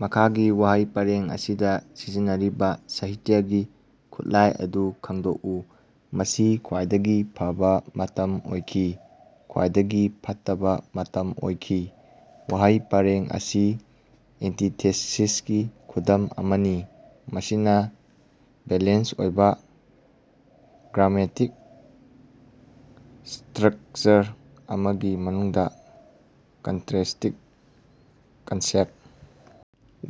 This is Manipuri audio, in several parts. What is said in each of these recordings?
ꯃꯈꯥꯒꯤ ꯋꯥꯍꯩ ꯄꯔꯦꯡ ꯑꯁꯤꯗ ꯁꯤꯖꯤꯟꯅꯔꯤꯕ ꯁꯥꯍꯤꯇ꯭ꯌꯒꯤ ꯈꯨꯠꯂꯥꯏ ꯑꯗꯨ ꯈꯪꯗꯣꯛꯎ꯫ "ꯃꯁꯤ ꯈ꯭ꯋꯥꯏꯗꯒꯤ ꯐꯕ ꯃꯇꯝ ꯑꯣꯏꯈꯤ, ꯈ꯭ꯋꯥꯏꯗꯒꯤ ꯐꯠꯇꯕ ꯃꯇꯝ ꯑꯣꯏꯈꯤ"꯫ ꯋꯥꯍꯩ ꯄꯔꯦꯡ ꯑꯁꯤ ꯑꯦꯟꯇꯤꯊꯦꯁꯤꯁꯀꯤ ꯈꯨꯗꯝ ꯑꯃꯅꯤ, ꯃꯁꯤꯅ ꯕꯦꯂꯦꯟꯁ ꯑꯣꯏꯕ ꯒ꯭ꯔꯥꯃꯦꯇꯤꯛ ꯁ꯭ꯇꯔꯛꯆꯔ ꯑꯃꯒꯤ ꯃꯅꯨꯡꯗ ꯀꯟꯇꯔꯦꯁꯇꯤꯡ ꯀꯟꯁꯦꯞ,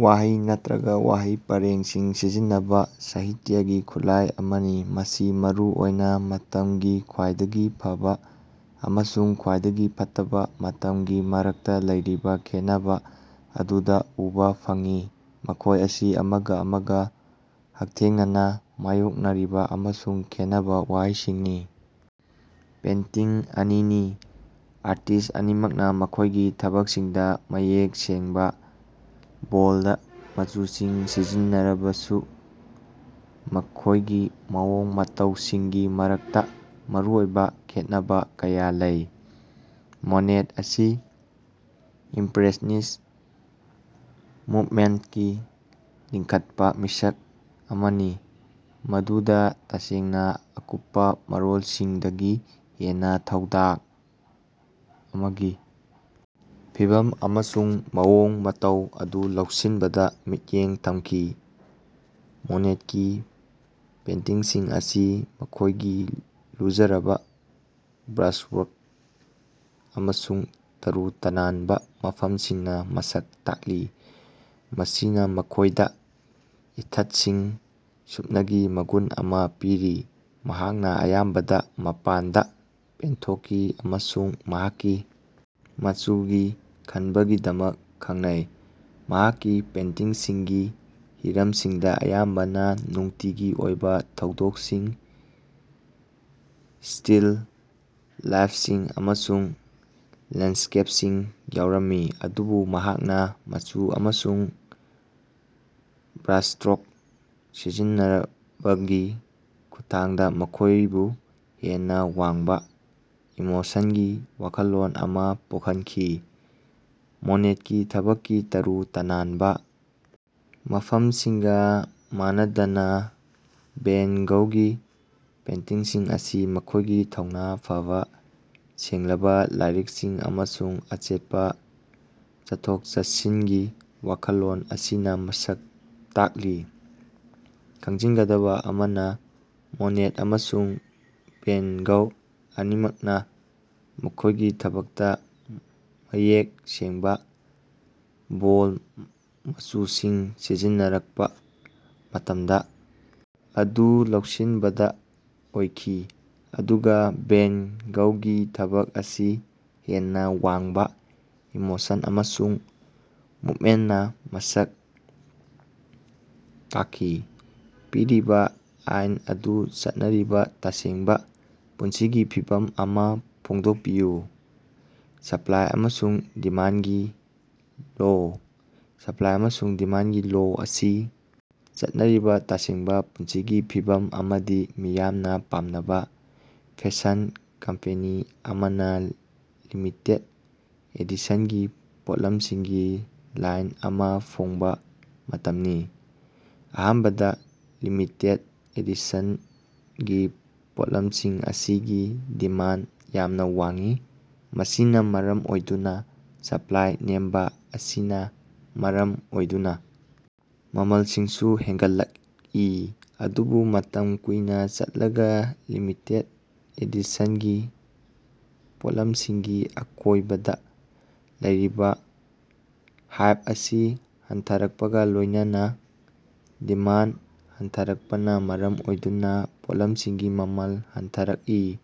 ꯋꯥꯍꯩ ꯅꯠꯇ꯭ꯔꯒ ꯋꯥꯍꯩ ꯄꯔꯦꯡꯁꯤꯡ ꯁꯤꯖꯤꯟꯅꯕ ꯁꯥꯍꯤꯇ꯭ꯌꯒꯤ ꯈꯨꯠꯂꯥꯏ ꯑꯃꯅꯤ꯫ ꯃꯁꯤ ꯃꯔꯨ ꯑꯣꯏꯅ ꯃꯇꯝꯒꯤ "ꯈ꯭ꯋꯥꯏꯗꯒꯤ ꯐꯕ" ꯑꯃꯁꯨꯡ "ꯈ꯭ꯋꯥꯏꯗꯒꯤ ꯐꯠꯇꯕ" ꯃꯇꯝꯒꯤ ꯃꯔꯛꯇ ꯂꯩꯔꯤꯕ ꯈꯦꯟꯅꯕ ꯑꯗꯨꯗ ꯎꯕꯥ ꯐꯪꯏ, ꯃꯈꯣꯏ ꯑꯁꯤ ꯑꯃꯒ ꯑꯃꯒ ꯍꯛꯊꯦꯡꯅꯅ ꯃꯥꯌꯣꯛꯅꯔꯤꯕ ꯑꯃꯁꯨꯡ ꯈꯦꯟꯅꯕ ꯋꯥꯍꯩꯁꯤꯡꯅꯤ, ꯄꯦꯟꯇꯤꯡ ꯑꯅꯤꯅꯤ꯫ ꯑꯥꯔꯇꯤꯁ꯭ꯠ ꯑꯅꯤꯃꯛꯅ ꯃꯈꯣꯏꯒꯤ ꯊꯕꯛꯁꯤꯡꯗ ꯃꯌꯦꯛ ꯁꯦꯡꯕ, ꯕꯣꯜꯗ ꯃꯆꯨꯁꯤꯡ ꯁꯤꯖꯤꯟꯅꯔꯕꯁꯨ ꯃꯈꯣꯏꯒꯤ ꯃꯑꯣꯡ ꯃꯇꯧꯁꯤꯡꯒꯤ ꯃꯔꯛꯇ ꯃꯔꯨꯑꯣꯏꯕ ꯈꯦꯠꯅꯕ ꯀꯌꯥ ꯂꯩ꯫ ꯃꯣꯅꯦꯠ ꯑꯁꯤ ꯏꯝꯄ꯭ꯔꯦꯁꯅꯤꯁ ꯃꯨꯕꯃꯦꯟꯠꯀꯤ ꯂꯤꯡꯈꯠꯄ ꯃꯤꯁꯛ ꯑꯃꯅꯤ, ꯃꯗꯨꯗ ꯇꯁꯦꯡꯅ ꯑꯀꯨꯞꯄ ꯃꯔꯣꯜꯁꯤꯡꯗꯒꯤ ꯍꯦꯟꯅ ꯊꯧꯗꯣꯛ ꯑꯃꯒꯤ ꯐꯤꯚꯝ ꯑꯃꯁꯨꯡ ꯃꯑꯣꯡ ꯃꯇꯧ ꯑꯗꯨ ꯂꯧꯁꯤꯟꯕꯗ ꯃꯤꯠꯌꯦꯡ ꯊꯝꯈꯤ꯫ ꯃꯣꯅꯦꯠꯀꯤ ꯄꯦꯟꯇꯤꯡꯁꯤꯡ ꯑꯁꯤ ꯃꯈꯣꯏꯒꯤ ꯂꯨꯖꯔꯕ ꯕ꯭ꯔꯥꯁꯋꯔꯛ ꯑꯃꯁꯨꯡ ꯇꯔꯨ ꯇꯅꯥꯟꯕ ꯃꯐꯝꯁꯤꯡꯅ ꯃꯁꯛ ꯇꯥꯛꯂꯤ, ꯃꯁꯤꯅ ꯃꯈꯣꯏꯗ ꯏꯊꯠꯁꯤꯡ, ꯁꯨꯞꯅꯒꯤ ꯃꯒꯨꯟ ꯑꯃ ꯄꯤꯔꯤ꯫ ꯃꯍꯥꯛꯅ ꯑꯌꯥꯝꯕꯅ ꯃꯄꯥꯟꯗ ꯄꯦꯟꯊꯣꯛꯈꯤ ꯑꯃꯁꯨꯡ ꯃꯍꯥꯛꯀꯤ ꯃꯆꯨꯒꯤ ꯈꯟꯕꯒꯤꯗꯃꯛ ꯈꯪꯅꯩ꯫ ꯃꯍꯥꯛꯀꯤ ꯄꯦꯟꯇꯤꯡꯁꯤꯡꯒꯤ ꯍꯤꯔꯝꯁꯤꯡꯗ ꯑꯌꯥꯝꯕꯅ ꯅꯨꯡꯇꯤꯒꯤ ꯑꯣꯏꯕ ꯊꯧꯗꯣꯛꯁꯤꯡ, ꯁ꯭ꯇꯤꯜ ꯂꯥꯏꯐꯁꯤꯡ ꯑꯃꯁꯨꯡ ꯂꯦꯟꯁ꯭ꯀꯦꯞꯁꯤꯡ ꯌꯥꯎꯔꯝꯃꯤ, ꯑꯗꯨꯕꯨ ꯃꯍꯥꯛꯅ ꯃꯆꯨ ꯑꯃꯁꯨꯡ ꯕ꯭ꯔꯥꯁꯁ꯭ꯇꯔꯣꯛ ꯁꯤꯖꯤꯟꯅꯕꯒꯤ ꯈꯨꯠꯊꯥꯡꯗ ꯃꯈꯣꯏꯕꯨ ꯍꯦꯟꯅ ꯋꯥꯡꯕ ꯏꯃꯣꯁꯟꯒꯤ ꯋꯥꯈꯜꯂꯣꯟ ꯑꯃ ꯄꯣꯛꯍꯟꯈꯤ꯫ ꯃꯣꯅꯦꯠꯀꯤ ꯊꯕꯛꯀꯤ ꯇꯔꯨ ꯇꯅꯥꯟꯕ ꯃꯐꯝꯁꯤꯡꯒ ꯃꯥꯟꯅꯗꯅ, ꯚꯦꯟ ꯒꯧꯒꯤ ꯄꯦꯟꯇꯤꯡꯁꯤꯡ ꯑꯁꯤ ꯃꯈꯣꯏꯒꯤ ꯊꯧꯅ ꯐꯕ, ꯁꯦꯡꯂꯕ ꯂꯥꯏꯔꯤꯛꯁꯤꯡ ꯑꯃꯁꯨꯡ ꯑꯆꯦꯠꯄ ꯆꯠꯊꯣꯛ-ꯆꯠꯁꯤꯟꯒꯤ ꯋꯥꯈꯜꯂꯣꯟ ꯑꯁꯤꯅ ꯃꯁꯛ ꯇꯥꯛꯂꯤ꯫ ꯈꯪꯖꯤꯟꯒꯗꯕ ꯑꯃꯅ, ꯃꯣꯅꯦꯠ ꯑꯃꯁꯨꯡ ꯚꯦꯟ ꯒꯧ ꯑꯅꯤꯃꯛꯅ ꯃꯈꯣꯏꯒꯤ ꯊꯕꯛꯇ ꯃꯌꯦꯛ ꯁꯦꯡꯕ, ꯕꯣꯜꯗ ꯃꯆꯨꯁꯤꯡ ꯁꯤꯖꯤꯟꯅꯔꯛꯄ ꯃꯇꯝꯗ, ꯑꯗꯨ ꯂꯧꯁꯤꯟꯕꯗ ꯑꯣꯏꯈꯤ, ꯑꯗꯨꯒ ꯚꯦꯟ ꯒꯧꯒꯤ ꯊꯕꯛ ꯑꯁꯤ ꯍꯦꯟꯅ ꯋꯥꯡꯕ ꯏꯃꯣꯁꯟ ꯑꯃꯁꯨꯡ ꯃꯨꯚꯃꯦꯟꯠꯅ ꯃꯁꯛ ꯇꯥꯛꯈꯤ꯫ ꯄꯤꯔꯤꯕ ꯑꯥꯏꯟ ꯑꯗꯨ ꯆꯠꯅꯔꯤꯕ ꯇꯁꯦꯡꯕ ꯄꯨꯟꯁꯤꯒꯤ ꯐꯤꯚꯝ ꯑꯃ ꯐꯣꯡꯗꯣꯛꯄꯤꯌꯨ꯫ ꯁꯄ꯭ꯂꯥꯏ ꯑꯃꯁꯨꯡ ꯗꯤꯃꯥꯟꯒꯤ ꯂꯣ꯫ ꯁꯄ꯭ꯂꯥꯏ ꯑꯃꯁꯨꯡ ꯗꯤꯃꯥꯟꯗꯒꯤ ꯂꯣ ꯑꯁꯤ ꯆꯠꯅꯔꯤꯕ ꯇꯁꯦꯡꯕ ꯄꯨꯟꯁꯤꯒꯤ ꯐꯤꯚꯝ ꯑꯃꯗꯤ ꯃꯤꯌꯥꯝꯅ ꯄꯥꯝꯅꯕ ꯐꯦꯁꯟ ꯀꯝꯄꯦꯅꯤ ꯑꯃꯅ ꯂꯤꯃꯤꯇꯦꯗ ꯑꯦꯗꯤꯁꯟꯒꯤ ꯄꯣꯠꯂꯝꯁꯤꯡꯒꯤ ꯂꯥꯏꯟ ꯑꯃ ꯐꯣꯡꯕ ꯃꯇꯝꯅꯤ꯫ ꯑꯍꯥꯟꯕꯗ ꯂꯤꯃꯤꯇꯦꯗ ꯑꯦꯗꯤꯁꯟꯒꯤ ꯄꯣꯠꯂꯝꯁꯤꯡ ꯑꯁꯤꯒꯤ ꯗꯤꯃꯥꯟꯗ ꯌꯥꯝꯅ ꯋꯥꯡꯏ, ꯃꯁꯤꯅ ꯃꯔꯝ ꯑꯣꯏꯗꯨꯅ ꯁꯞꯂꯥꯏ ꯅꯦꯝꯕ ꯑꯁꯤꯅ ꯃꯔꯝ ꯑꯣꯏꯗꯨꯅ ꯃꯃꯜꯁꯤꯡꯁꯨ ꯍꯦꯟꯒꯠꯂꯛꯏ꯫ ꯑꯗꯨꯕꯨ ꯃꯇꯝ ꯀꯨꯏꯅ ꯆꯠꯂꯒ ꯂꯤꯃꯤꯇꯦꯗ ꯑꯦꯗꯤꯁꯟꯒꯤ ꯄꯣꯠꯂꯝꯁꯤꯡꯒꯤ ꯑꯀꯣꯏꯕꯗ ꯂꯩꯔꯤꯕ ꯍꯥꯏꯞ ꯑꯁꯤ ꯍꯟꯊꯔꯛꯄꯒ ꯂꯣꯏꯅꯅ ꯗꯤꯃꯥꯟꯗ ꯍꯟꯊꯔꯛꯄꯅ ꯃꯔꯝ ꯑꯣꯏꯗꯨꯅ ꯄꯣꯠꯂꯝꯁꯤꯡꯒꯤ ꯃꯃꯜ ꯍꯟꯊꯔꯛꯏ꯫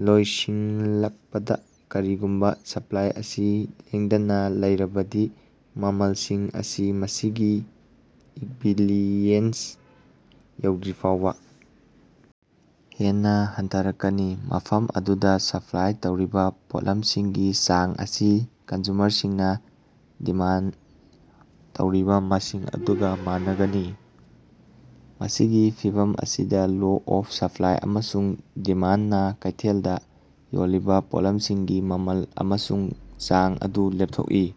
ꯂꯣꯏꯁꯤꯜꯂꯛꯄꯗ, ꯀꯔꯤꯒꯨꯝꯕ ꯁꯄ꯭ꯂꯥꯏ ꯑꯁꯤ ꯂꯦꯡꯗꯅ ꯂꯩꯔꯕꯗꯤ, ꯃꯃꯜꯁꯤꯡ ꯑꯁꯤ ꯃꯁꯤꯒꯤ ꯏꯛꯕꯤꯂꯤꯑꯦꯟꯁ ꯌꯧꯗ꯭ꯔꯤꯐꯥꯎꯕ ꯍꯦꯟꯅ ꯍꯟꯊꯔꯛꯀꯅꯤ, ꯃꯐꯝ ꯑꯗꯨꯗ ꯁꯄ꯭ꯂꯥꯏ ꯇꯧꯔꯤꯕ ꯄꯣꯠꯂꯝꯁꯤꯡꯒꯤ ꯆꯥꯡ ꯑꯁꯤ ꯀꯟꯖꯨꯃꯔꯁꯤꯡꯅ ꯗꯤꯃꯥꯟꯗ ꯇꯧꯔꯤꯕ ꯃꯁꯤꯡ ꯑꯗꯨꯒ ꯃꯥꯟꯅꯒꯅꯤ꯫ ꯃꯁꯤꯒꯤ ꯐꯤꯚꯝ ꯑꯁꯤꯗ, ꯂꯣ ꯑꯣꯐ ꯁꯄ꯭ꯂꯥꯏ ꯑꯃꯁꯨꯡ ꯗꯤꯃꯥꯟꯗꯅ ꯀꯩꯊꯦꯜꯗ ꯌꯣꯜꯂꯤꯕ ꯄꯣꯠꯂꯝꯁꯤꯡꯒꯤ ꯃꯃꯜ ꯑꯃꯁꯨꯡ ꯆꯥꯡ ꯑꯗꯨ ꯂꯦꯞꯊꯣꯛꯏ꯫